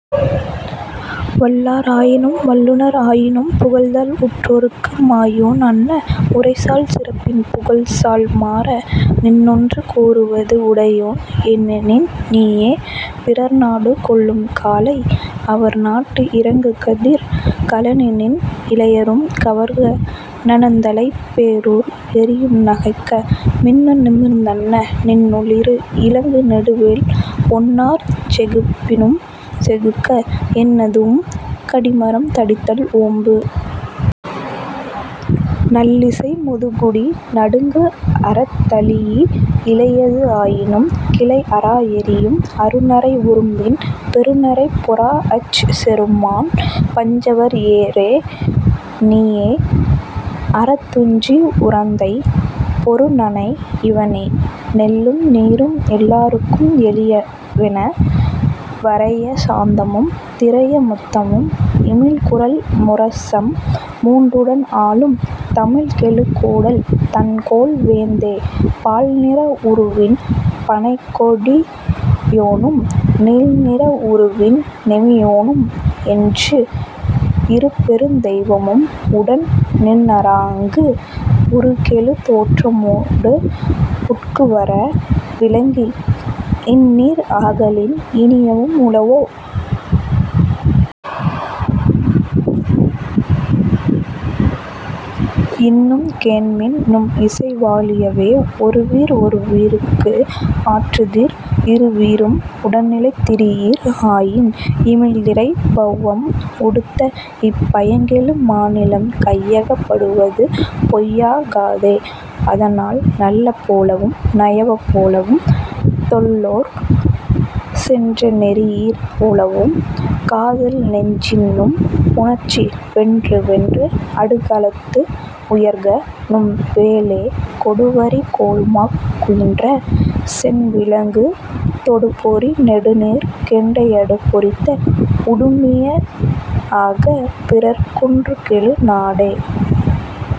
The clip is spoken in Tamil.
வல்லார் ஆயினும், வல்லுநர் ஆயினும், புகழ்தல் உற்றோர்க்கு மாயோன் அன்ன, உரைசால் சிறப்பின் புகழ்சால் மாற! நின்னொன்று கூறுவது உடையோன்; என்னெனின், நீயே, பிறர்நாடு கொள்ளும்காலை, அவர் நாட்டு இறங்கு கதிர் கழனிநின் இளையரும் கவர்க: நனந்தலைப் பேரூர் எரியும் நைக்க; மின்னு நிமிர்ந் தன்ன நின்ஒளிறு இலங்கு நெடுவேல் ஒன்னார்ச் செகுப்பினும் செகுக்க; என்னதூஉம் கடிமரம் தடிதல் ஓம்பு! நல்லிசை முதுகுடி நடுக்குஅறத் தழீஇ, இளையது ஆயினும் கிளைஅரா எறியும், அருநரை உருமின், பெருநரைப் பொறாஅச் செருமாண் பஞ்சவர் ஏறே; நீயே, அறந்துஞ்சு உறந்தைப் பொருநனை; இவனே, நெல்லும் நீரும் எல்லார்க்கும் எளியவென, வரைய சாந்தமும், திரைய முத்தமும், இமிழ்குரல் முரசம் மூன்றுடன் ஆளும், தமிழ்கெழு கூடல் தண்கோல் வேந்தே; பால்நிற உருவின் பனைக்கொடி யோனும், நீல்நிற உருவின், நேமியோனும், என்று இருபெருந் தெய்வமும் உடன் நின் றாஅங்கு, உருகெழு தோற்றமொடு உட்குவர விளங்கி, இந்நீர் ஆகலின், இனியவும் உளவோ? இன்னும் கேண்மின் நும் இசைவா ழியவே; ஒருவீர் ஒருவீர்க்கு ஆற்றுதிர்; இருவீரும் உடனிலை திரியீர் ஆயின், இமிழ்திரைப் பெளவம் உடுத்தஇப் பயங்கெழு மாநிலம் கையகப் படுவது பொய்யா காதே; அதனால், நல்ல போலவும், நயவ போலவும், தொல்லோர் சென்ற நெறியர் போலவும், காதல் நெஞ்சின்நும் புணர்ச்சி; வென்று வென்று அடுகளத்து உயர்க நும் வேலே; கொடுவரிக் கோள்மாக் குயின்ற சேண்விளங்கு தொடுபொறி நெடுநீர்க் கெண்டையடு பொறித்த குடுமிய ஆக, பிறர் குன்றுகெழு நாடே..